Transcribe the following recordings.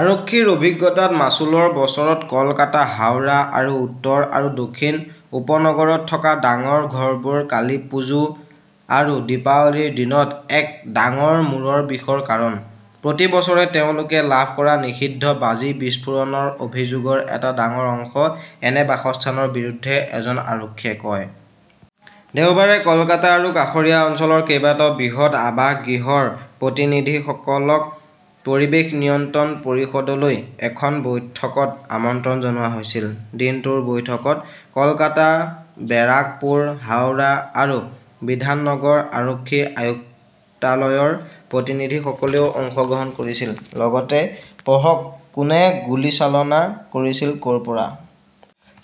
আৰক্ষীৰ অভিজ্ঞতাত, মাচুলৰ বছৰত, কলকাতা, হাওৰা আৰু উত্তৰ আৰু দক্ষিণ উপনগৰত থকা ডাঙৰ ঘৰবোৰ কালীপুজো আৰু দীপাৱলীৰ দিনত এক ডাঙৰ মূৰৰ বিষৰ কাৰণ। প্ৰতি বছৰে তেওঁলোকে লাভ কৰা নিষিদ্ধ বাজি বিস্ফোৰণৰ অভিযোগৰ এটা ডাঙৰ অংশ এনে বাসস্থানৰ বিৰুদ্ধে, এজন আৰক্ষীয়ে কয়। দেওবাৰে কলকাতা আৰু কাষৰীয়া অঞ্চলৰ কেইবাটাও বৃহৎ আৱাসগৃহৰ প্ৰতিনিধিসকলক পৰিৱেশ নিয়ন্ত্ৰণ পৰিষদলৈ এখন বৈঠকত আমন্ত্ৰণ জনোৱা হৈছিল। দিনটোৰ বৈঠকত কলকাতা, বেৰাকপুৰ, হাওৰা আৰু বিধাননগৰ আৰক্ষী আয়ুক্তালয়ৰ প্ৰতিনিধিসকলেও অংশগ্ৰহণ কৰিছিল। লগতে পঢ়ক কোনে গুলীচালনা কৰিছিল, কৰ পৰা?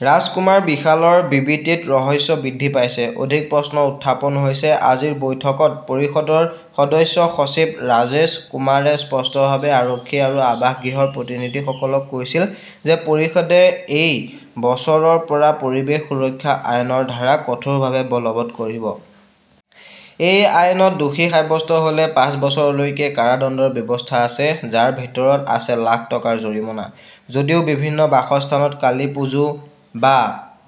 ৰাজকুমাৰ বিশালৰ বিবৃতিত ৰহস্য বৃদ্ধি পাইছে, অধিক প্ৰশ্ন উত্থাপন হৈছে আজিৰ বৈঠকত পৰিষদৰ সদস্য সচিব ৰাজেশ কুমাৰে স্পষ্টভাৱে আৰক্ষী আৰু আৱাসগৃহৰ প্ৰতিনিধিসকলক কৈছিল যে পৰিষদে এই বছৰৰ পৰা পৰিৱেশ সুৰক্ষা আইন ৰ ধাৰা কঠোৰভাৱে বলৱৎ কৰিব। এই আইনত দোষী সাব্যস্ত হ'লে পাঁচ বছৰলৈকে কাৰাদণ্ডৰ ব্যৱস্থা আছে, যাৰ ভিতৰত আছে লাখ টকাৰ জৰিমনা। যদিও বিভিন্ন বাসস্থানত কালীপুজো বা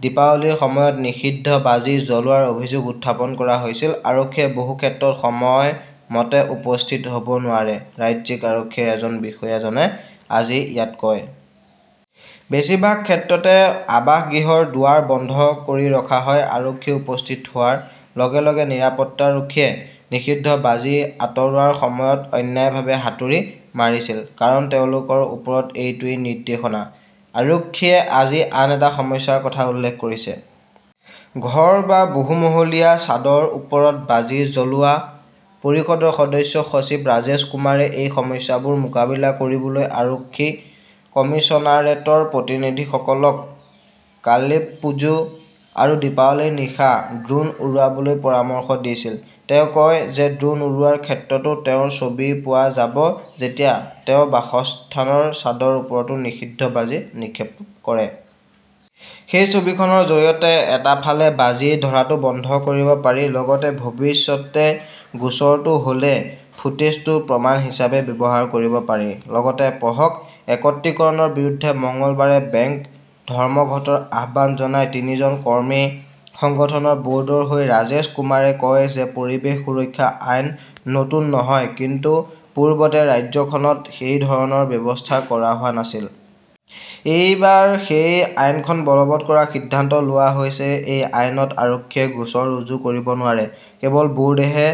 দীপাৱলীৰ সময়ত নিষিদ্ধ বাজি জ্বলোৱাৰ অভিযোগ উত্থাপন কৰা হৈছিল, আৰক্ষীয়ে বহু ক্ষেত্ৰত সময়মতে উপস্থিত হ'ব নোৱাৰে, ৰাজ্যিক আৰক্ষীৰ এজন বিষয়াজনে আজি ইয়াত কয়। বেছিভাগ ক্ষেত্ৰতে আৱাসগৃহৰ দুৱাৰ বন্ধ কৰি ৰখা হয়। আৰক্ষী উপস্থিত হোৱাৰ লগে - লগে নিৰাপত্তাৰক্ষীয়ে নিষিদ্ধ বাজি আঁতৰোৱাৰ সময়ত অন্যায়ভাৱে হাতুৰি মাৰিছিল। কাৰণ তেওঁলোকৰ ওপৰত এইটোৱেই নিৰ্দেশনা। আৰক্ষীয়ে আজি আন এটা সমস্যাৰ কথা উল্লেখ কৰিছে। ঘৰ বা বহুমহলীয়া ছাদৰ ওপৰত বাজি জ্বলোৱা। পৰিষদৰ সদস্য সচিব ৰাজেশ কুমাৰে এই সমস্যাবোৰ মোকাবিলা কৰিবলৈ আৰক্ষী কমিছনাৰেটৰ প্ৰতিনিধিসকলক কালিপ্পুজো আৰু দীপাৱলীৰ নিশা ড্ৰোন উৰুৱাবলৈ পৰামৰ্শ দিছিল। তেওঁ কয় যে ড্ৰোন উৰোৱাৰ ক্ষেত্ৰতো তেওঁৰ ছবি পোৱা যাব যেতিয়া তেওঁ বাসস্থানৰ ছাদৰ ওপৰতো নিষিদ্ধ বাজি নিক্ষেপ কৰে। সেই ছবিখনৰ জৰিয়তে এটা ফালে বাজি ধৰাটো বন্ধ কৰিব পাৰি, লগতে ভৱিষ্যতে গোচৰটো হ'লে ফুটেজটো প্ৰমাণ হিচাপে ব্যৱহাৰ কৰিব পাৰি। লগতে পঢ়ক একত্ৰীকৰণৰ বিৰুদ্ধে মঙলবাৰে বেংক ধৰ্মঘটৰ আহ্বান জনাই তিনিজন কৰ্মী সংগঠনৰ বৰ্ডৰ হৈ ৰাজেশ কুমাৰে কয় যে পৰিৱেশ সুৰক্ষা আইন নতুন নহয় কিন্তু পূৰ্বতে ৰাজ্যখনত সেই ধৰণৰ ব্যৱস্থা কৰা হোৱা নাছিল। এইবাৰ সেই আইনখন বলৱৎ কৰাৰ সিদ্ধান্ত লোৱা হৈছে। এই আইনত আৰক্ষীয়ে গোচৰ ৰুজু কৰিব নোৱাৰে। কেৱল বোৰ্ডেহে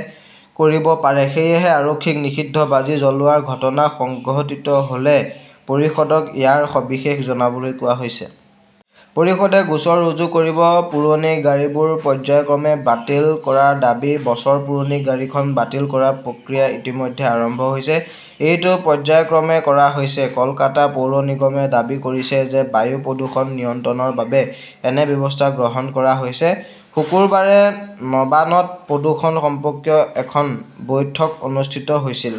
কৰিব পাৰে। সেয়েহে আৰক্ষীক নিষিদ্ধ বাজি জ্বলোৱাৰ ঘটনা সংঘটিত হ'লে পৰিষদক ইয়াৰ সবিশেষ জনাবলৈ কোৱা হৈছে। পৰিষদে গোচৰ ৰুজু কৰিব। পুৰণি গাড়ীবোৰ পৰ্য্যায়ক্ৰমে বাতিল কৰাৰ দাবী বছৰ পুৰণি গাড়ীখন বাতিল কৰাৰ প্ৰক্ৰিয়া ইতিমধ্যে আৰম্ভ হৈছে। এইটো পৰ্য্যায়ক্ৰমে কৰা হৈছে। কলকাতা পৌৰ নিগমে দাবী কৰিছে যে বায়ু প্ৰদূষণ নিয়ন্ত্ৰণৰ বাবে এনে ব্যৱস্থা গ্ৰহণ কৰা হৈছে। শুকুৰবাৰে নবানত প্ৰদূষণ সম্পৰ্কীয় এখন বৈঠক অনুষ্ঠিত হৈছিল।